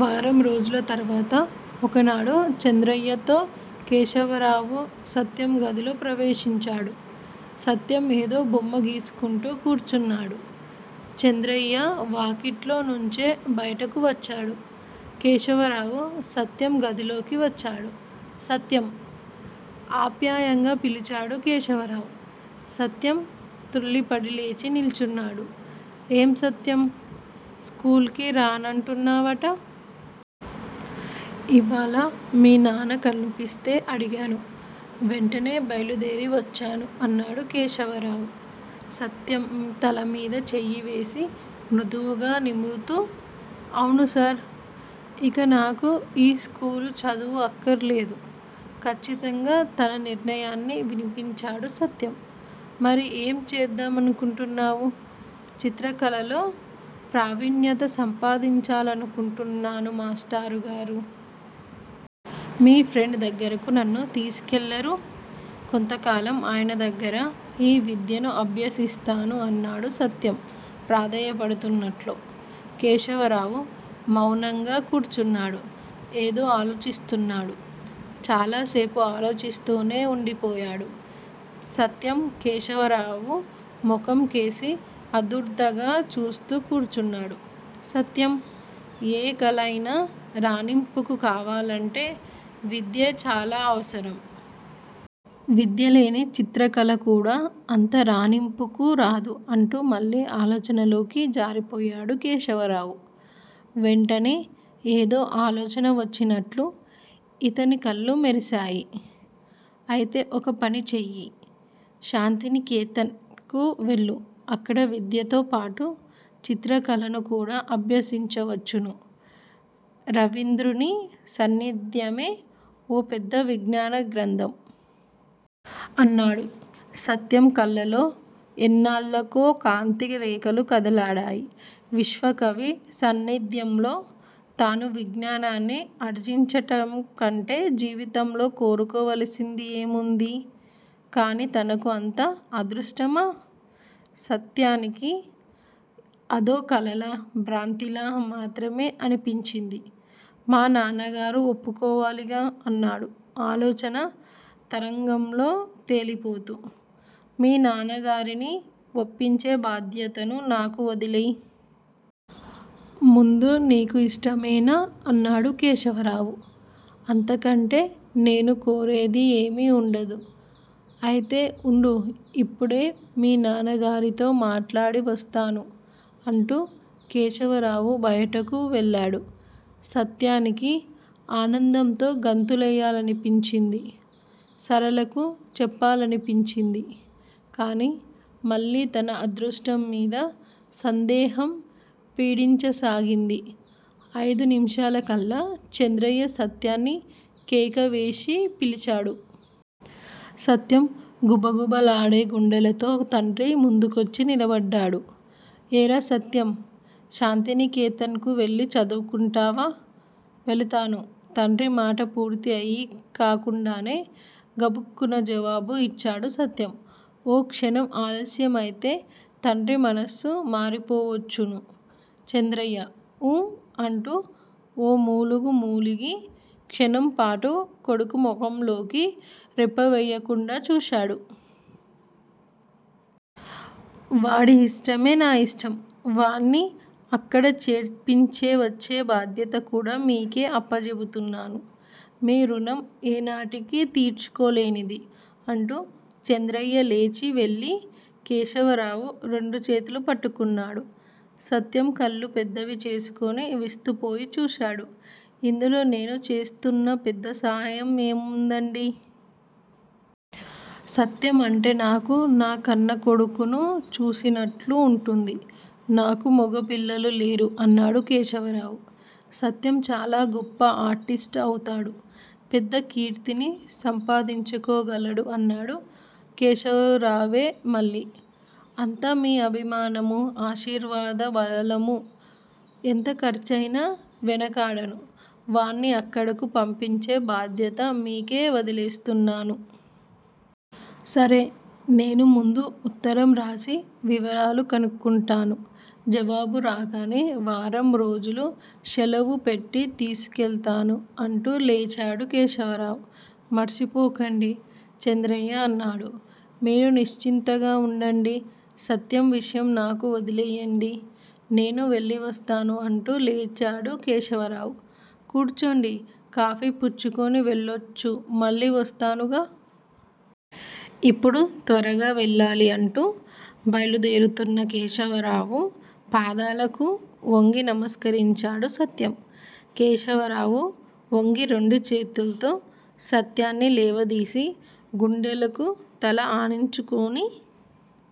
వారం రోజుల తర్వాత ఒకనాడు చంద్రయ్యతో కేశవరావు, సత్యం గదిలో ప్రవేశించాడు. సత్యం ఏదో బొమ్మ గీసుకుంటూ కూర్చున్నాడు. చంద్రయ్య వాకిట్లోనుంచే బయటకు వచ్చాడు. కేశవరావు సత్యం గదిలోకి వచ్చాడు. సత్యం! ఆప్యాయంగా పిల్చాడు కేశవరావు. సత్యం తృళ్ళిపడి లేచి నిల్చున్నాడు. ఏం సత్యం! స్కూలుకి రానంటున్నావట? ఇవ్వాళ్ళ మీ నాన్న కనిపిస్తే అడిగాను. వెంటనే బయలుదేరి వచ్చాను అన్నాడు కేశవరావు, సత్యం తలమీద చెయ్యివేసి మృదువుగా నిమురుతూ. అవును సార్! ఇక నాకు ఈ స్కూలు చదువు అక్కర్లేదు. ఖచ్చితంగా తన నిర్ణయాన్ని వినిపించాడు సత్యం. మరి ఏం చేద్దామనుకుంటున్నావు? చిత్రకళలో ప్రావీణ్యత సంపాదించాలనుకుంటున్నాను మాష్టరుగారూ! మీ ఫ్రండ్ దగ్గరకు నన్ను తీసుకెళ్ళరూ! కొంతకాలం ఆయనదగ్గర ఈ విద్యనూ అభ్యసిస్తాను అన్నాడు సత్యం ప్రాధేయపడుతున్నట్లు. కేశవరావు మౌనంగా కూర్చున్నాడు. ఏదో ఆలోచిస్తున్నాడు. చాలాసేపు ఆలోచిస్తూనే వుండిపోయాడు. సత్యం కేశవరావు ముఖంకేసి ఆదుర్దాగా చూస్తూ కూర్చున్నాడు. సత్యం! ఏ కళయినా రాణింపుకు కావాలంటే విద్య చాలా అవసరం! విద్యలేని చిత్రకళకూడా అంత రాణింపుకు రాదు అంటూ మళ్ళీ ఆలోచనలోకి జారిపోయాడు కేశవరావు. వెంటనే ఏదో ఆలోచన వచ్చినట్లు ఇతని కళ్ళు మెరిశాయి. అయితే ఒక పని చెయ్యి. శాంతినికేతన్ కు వెళ్ళు. అక్కడ విద్యతోపాటు చిత్రకళనుకూడా అభ్యసించవచ్చును. రవీంద్రుని సాన్నిధ్యమే ఓ పెద్ద విజ్ఞానగ్రంథం! అన్నాడు. సత్యం కళ్ళలో ఎన్నాళ్ళకో కాంతి రేఖలు కదలాడాయి. విశ్వకవి సాన్నిధ్యంలో తను విజ్ఞానాన్ని ఆర్జించటంకంటే జీవితంలో కోరుకోవలసింది ఏముంది? కాని తనకు అంత అదృష్టమా? సత్యానికి అదో కలలా, భ్రాంతిలా మాత్రమే అనిపించింది. మా నాన్నగారు ఒప్పుకోవాలిగా? అన్నాడు ఆలోచనా తరంగాల్లో తేలిపోతూ. మీ నాన్నగారిని వప్పించే బాధ్యతను నాకు వదిలేయ్! ముందు నీకు ఇష్టమేనా? అన్నాడు కేశవరావు. అంతకంటే నేనుకోరేది ఏమీ వుండదు. అయితే వుండు ఇప్పుడే మీ నాన్నగారితో మాట్లాడివస్తాను అంటూ కేశవరావు బయటకు వెళ్ళాడు. సత్యానికి ఆనందంతో గంతులేయాలనిపించింది. సరళకు చెప్పాలనిపించింది; కాని మళ్ళీ తన అదృష్టంమీద సందేహం పీడించసాగింది. ఐదు నిముషాలకల్లా చంద్రయ్య సత్యాన్ని కేకవేసి పిల్చాడు. సత్యం గుబగుబలాడే గుండెలతో తండ్రి ముందుకొచ్చి నిలబడ్డాడు. ఏరా సత్యం! శాంతినికేతన్ కు వెళ్ళి చదువుకుంటావా? వెళతాను! తండ్రిమాట పూర్తి అయీ కాకుండానే గబుక్కున జవాబు ఇచ్చాడు సత్యం. ఓ క్షణం ఆలస్యం అయితే తండ్రి మనస్సు మారిపోవచ్చును! చంద్రయ్య 'ఊఁ' అంటూ ఓ మూలుగు మూలిగి క్షణంపాటు కొడుకు ముఖంలోకి రెప్పవెయ్యకుండా చూశాడు. వాడి ఇష్టమే నా ఇష్టం! వాణ్ణి అక్కడ చేర్పించివచ్చే బాధ్యత కూడా మీకే అప్పజెపుతున్నాను. మీ ఋణం ఏనాటికీ తీర్చుకోలేనిది! అంటూ చంద్రయ్య లేచి వెళ్ళి కేశవరావు రెండుచేతులూ పట్టుకున్నాడు. సత్యం కళ్ళు పెద్దవి చేసుకొని విస్తుపోయి చూశాడు. ఇందులో నేను చేస్తున్న పెద్దసహాయం ఏముందండీ? సత్యం అంటే నాకు నా కన్న కొడుకును చూసినట్లు ఉంటుంది. నాకు మొగపిల్లలు లేరు అన్నాడు కేశవరావు. సత్యం చాలా గొప్ప ఆర్టిస్టు అవుతాడు. పెద్ద కీర్తిని సంపాదించుకోగలడు అన్నాడు కేశవరావే మళ్ళీ. అంతా మీ అభిమానమూ, ఆశీర్వాద బలమూ! ఎంత ఖర్చయినా వెనకాడను. వాణ్ణి అక్కడకు పంపించే బాధ్యత మీకే వదిలేస్తున్నాను. సరే! నేను ముందు ఉత్తరంరాసి వివరాలు కనుక్కుంటాను. జవాబు రాగానే వారంరోజులు శెలవుపెట్టి తీసుకెళతాను అంటూ లేచాడు కేశవరావు. మర్చిపోకండి! చంద్రయ్య అన్నాడు. మీరు నిశ్చింతగా ఉండండి. సత్యం విషయం నాకు వదిలేయండి. నేను వెళ్ళివస్తాను అంటూ లేచాడు కేశవరావు. కూర్చోండి! కాఫీ పుచ్చుకొని వెళ్లొచ్చు మళ్ళీ వస్తానుగా! ఇప్పుడు త్వరగా వెళ్ళాలి అంటూ బయలుదేరుతున్న కేశవరావు పాదాలకు వొంగి నమస్కరించాడు సత్యం. కేశవరావు వంగి రెండు చేతుల్తో సత్యాన్ని లేవదీసి గుండెలకు తల ఆనించుకొని